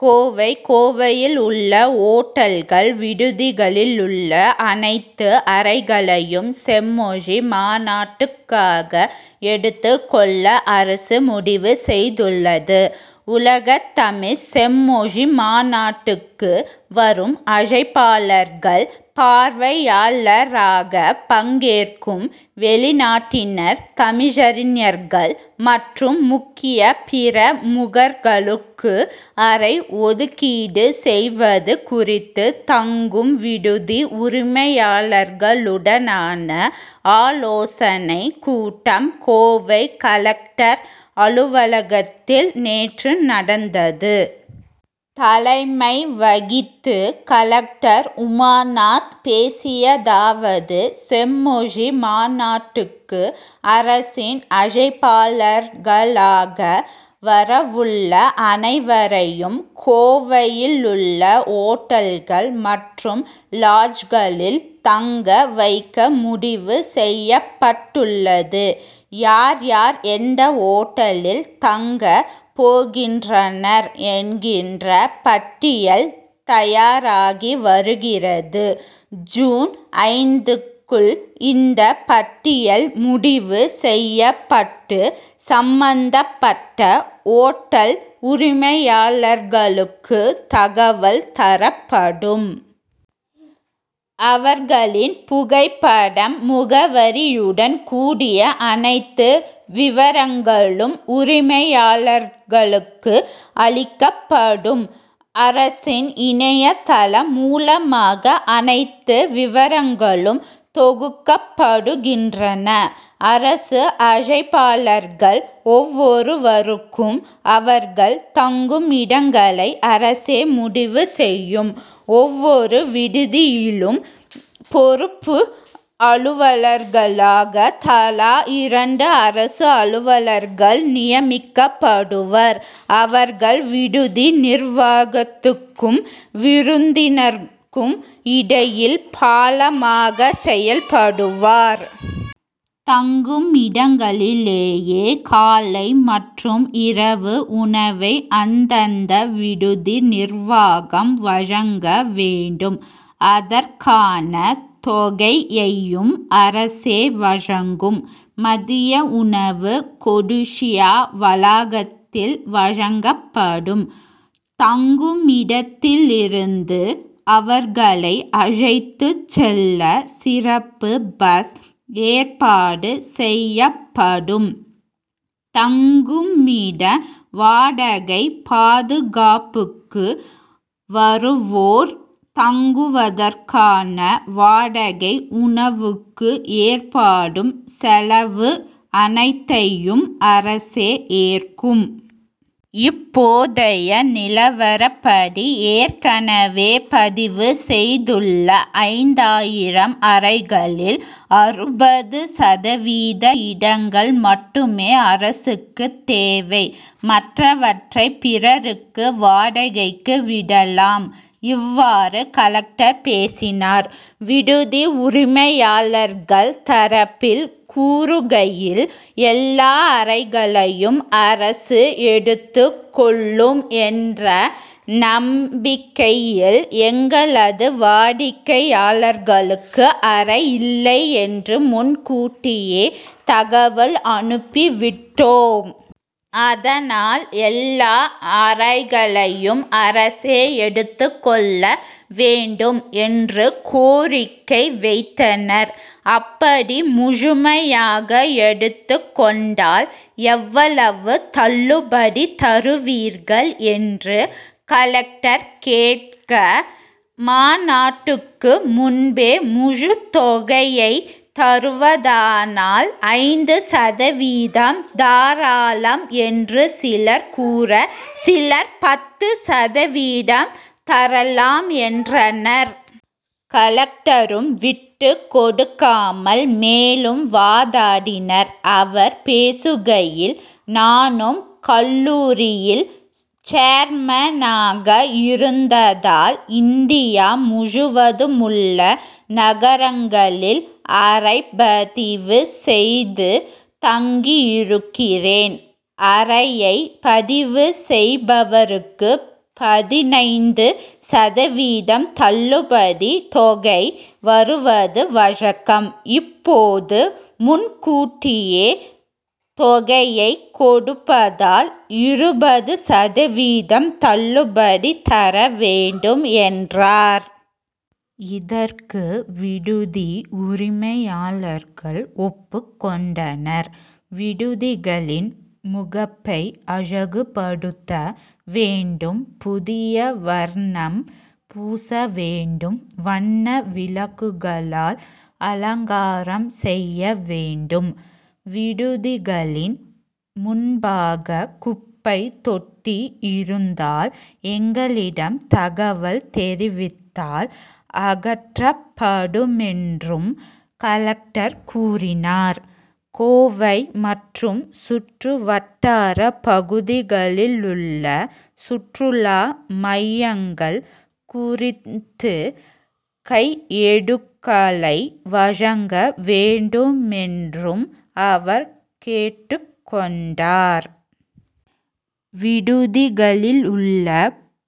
கோவை கோவையிலுள்ள ஓட்டல்கள் விடுதிகளிலுள்ள அனைத்து அறைகளையும் செம்மொழி மாநாட்டுக்காக எடுத்து கொள்ள அரசு முடிவு செய்துள்ளது. உலகத்தமிழ் செம்மொழி மாநாட்டுக்கு வரும் அழைப்பாளர்கள் பார்வையாளராக பங்கேற்கும் வெளிநாட்டினர் தமிழறிஞர்கள் மற்றும் முக்கிய பிர முகர்களுக்கு அறை ஒதுக்கீடு செய்வது குறித்து தங்கும் விடுதி உரிமையாளர்களுடனான ஆலோசனை கூட்டம் கோவை கலெக்டர் அலுவலகத்தில் நேற்று நடந்தது. தலைமை வகித்து கலெக்டர் உமாநாத் பேசியதாவது செம்மொழி மாநாட்டுக்கு அரசின் அழைப்பாளர்களாக வரவுள்ள அனைவரையும் கோவையிலுள்ள ஓட்டல்கள் மற்றும் லாட்ஜ்களில் தங்க வைக்க முடிவு செய்யப்பட்டுள்ளது. யார் யார் எந்த ஓட்டலில் தங்க போகின்றனர் என்கின்ற பட்டியல் தயாராகி வருகிறது. ஜூன் ஐந்துக்குள் இந்த பட்டியல் முடிவு செய்யப்பட்டு சம்மந்தப்பட்ட ஓட்டல் உரிமையாளர்களுக்கு தகவல் தரப்படும். அவர்களின் புகைப்படம் முகவரியுடன் கூடிய அனைத்து விபரங்களும் உரிமையாளர்களுக்கு அளிக்கப்படும். அரசின் இணையதளம் மூலமாக அனைத்து விவரங்களும் தொகுக்கப்படுகின்றன. அரசு அழைப்பாளர்கள் ஒவ்வொருவருக்கும் அவர்கள் தங்குமிடங்களை அரசே முடிவு செய்யும். ஒவ்வொரு விடுதியிலும் பொறுப்பு அலுவலர்களாக தலா இரண்டு அரசு அலுவலர்கள் நியமிக்கப்படுவர். அவர்கள் விடுதி நிர்வாகத்துக்கும் விருந்தினருக்கும் இடையில் பாலமாக செயல்படுவார். தங்குமிடங்களிலேயே காலை மற்றும் இரவு உணவை அந்தந்த விடுதி நிர்வாகம் வழங்க வேண்டும். அதற்கான தொகையையும் அரசே வழங்கும். மதிய உணவு கொடிசியா வளாகத்தில் வழங்கப்படும். தங்குமிடத்திலிருந்து அவர்களை அழைத்து செல்ல சிறப்பு பஸ் ஏற்பாடு செய்யப்படும். தங்குமிட வாடகை பாதுகாப்புக்கு வருவோர் தங்குவதற்கான வாடகை உணவுக்கு ஏற்படும் செலவு அனைத்தையும் அரசே ஏற்கும். இப்போதைய நிலவரப்படி ஏற்கனவே பதிவு செய்துள்ள ஐந்தாயிரம் அறைகளில் அறுபது சதவீத இடங்கள் மட்டுமே அரசுக்கு தேவை. மற்றவற்றை பிறருக்கு வாடகைக்கு விடலாம். இவ்வாறு கலெக்டர் பேசினார். விடுதி உரிமையாளர்கள் தரப்பில் கூறுகையில் எல்லா அறைகளையும் அரசு எடுத்து கொள்ளும் என்ற நம்பிக்கையில் எங்களது வாடிக்கையாளர்களுக்கு அறை இல்லை என்று முன்கூட்டியே தகவல் அனுப்பி விட்டோம். அதனால் எல்லா அறைகளையும் அரசே எடுத்து கொள்ள வேண்டும் என்று கோரிக்கை வைத்தனர். அப்படி முழுமையாக எடுத்து கொண்டால் எவ்வளவு தள்ளுபடி தருவீர்கள் என்று கலெக்டர் கேட்க மாநாட்டுக்கு முன்பே முழுத்தொகையை தருவதானால் ஐந்து சதவீதம் தரலாம் என்று சிலர் கூற சிலர் பத்து சதவீதம் தரலாம் என்றனர். கலெக்டரும் விட்டு கொடுக்காமல் மேலும் வாதாடினார். அவர் பேசுகையில் நானும் கல்லூரியில் சேர்மனாக இருந்ததால் இந்தியா முழுவதுமுள்ள நகரங்களில் அறைபதிவு செய்து தங்கியிருக்கிறேன். அறையை பதிவு செய்பவருக்கு பதினைந்து சதவீதம் தள்ளுபடி தொகை வருவது வழக்கம். இப்போது முன்கூட்டியே தொகையை கொடுப்பதால் இருபது சதவீதம் தள்ளுபடி தர வேண்டும் என்றார். இதற்கு விடுதி உரிமையாளர்கள் ஒப்பு கொண்டனர். விடுதிகளின் முகப்பை அழகுபடுத்த வேண்டும் புதிய வர்ணம் பூச வேண்டும் வண்ண விளக்குகளால் அலங்காரம் செய்ய வேண்டும். விடுதிகளின் முன்பாக குப்பை தொட்டி இருந்தால் எங்களிடம் தகவல் தெரிவித்தால் அகற்றப்படுமென்றும் கலெக்டர் கூறினார். கோவை மற்றும் சுற்றுவட்டார பகுதிகளிலுள்ள சுற்றுலா மையங்கள் குறித்து கையேடுகளை வழங்க வேண்டுமென்றும் அவர் கேட்டு கொண்டார். விடுதிகளிலுள்ள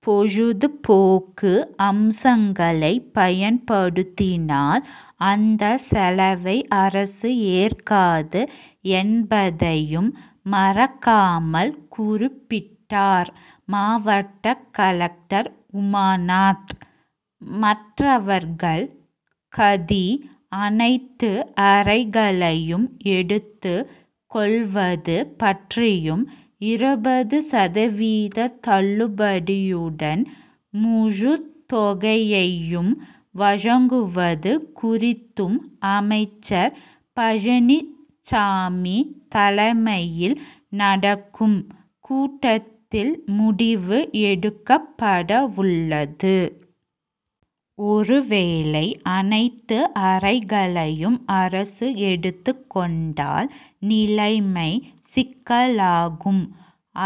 பொழுதுபோக்கு அம்சங்களை பயன்படுத்தினால் அந்த செலவை அரசு ஏற்காது என்பதையும் மறக்காமல் குறிப்பிட்டார் மாவட்ட கலெக்டர் உமாநாத். மற்றவர்கள் கதி! அனைத்து அறைகளையும் எடுத்து கொள்வது பற்றியும் இருபது சதவீத தள்ளுபடியுடன் முழுத்தொகையையும் வழங்குவது குறித்தும் அமைச்சர் பழனிச்சாமி தலைமையில் நடக்கும் கூட்டத்தில் முடிவு எடுக்கப்படவுள்ளது. ஒருவேளை அனைத்து அறைகளையும் அரசு எடுத்து கொண்டால் நிலைமை சிக்கலாகும்.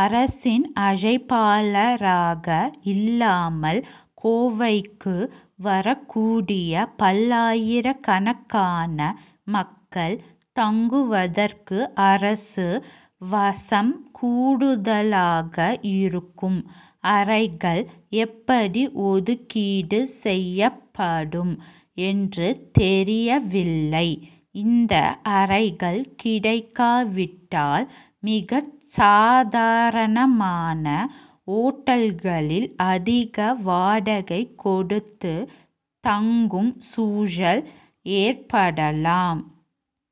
அரசின் அழைப்பாளராக இல்லாமல் கோவைக்கு வரக்கூடிய பல்லாயிரக்கணக்கான மக்கள் தங்குவதற்கு அரசு வசம் கூடுதலாக இருக்கும் அறைகள் எப்படி ஒதுக்கீடு செய்யப்படும் என்று தெரியவில்லை. இந்த அறைகள் கிடைக்காவிட்டால் மிகச்சாதாரணமான ஓட்டல்களில் அதிக வாடகை கொடுத்து தங்கும் சூழல் ஏற்படலாம்.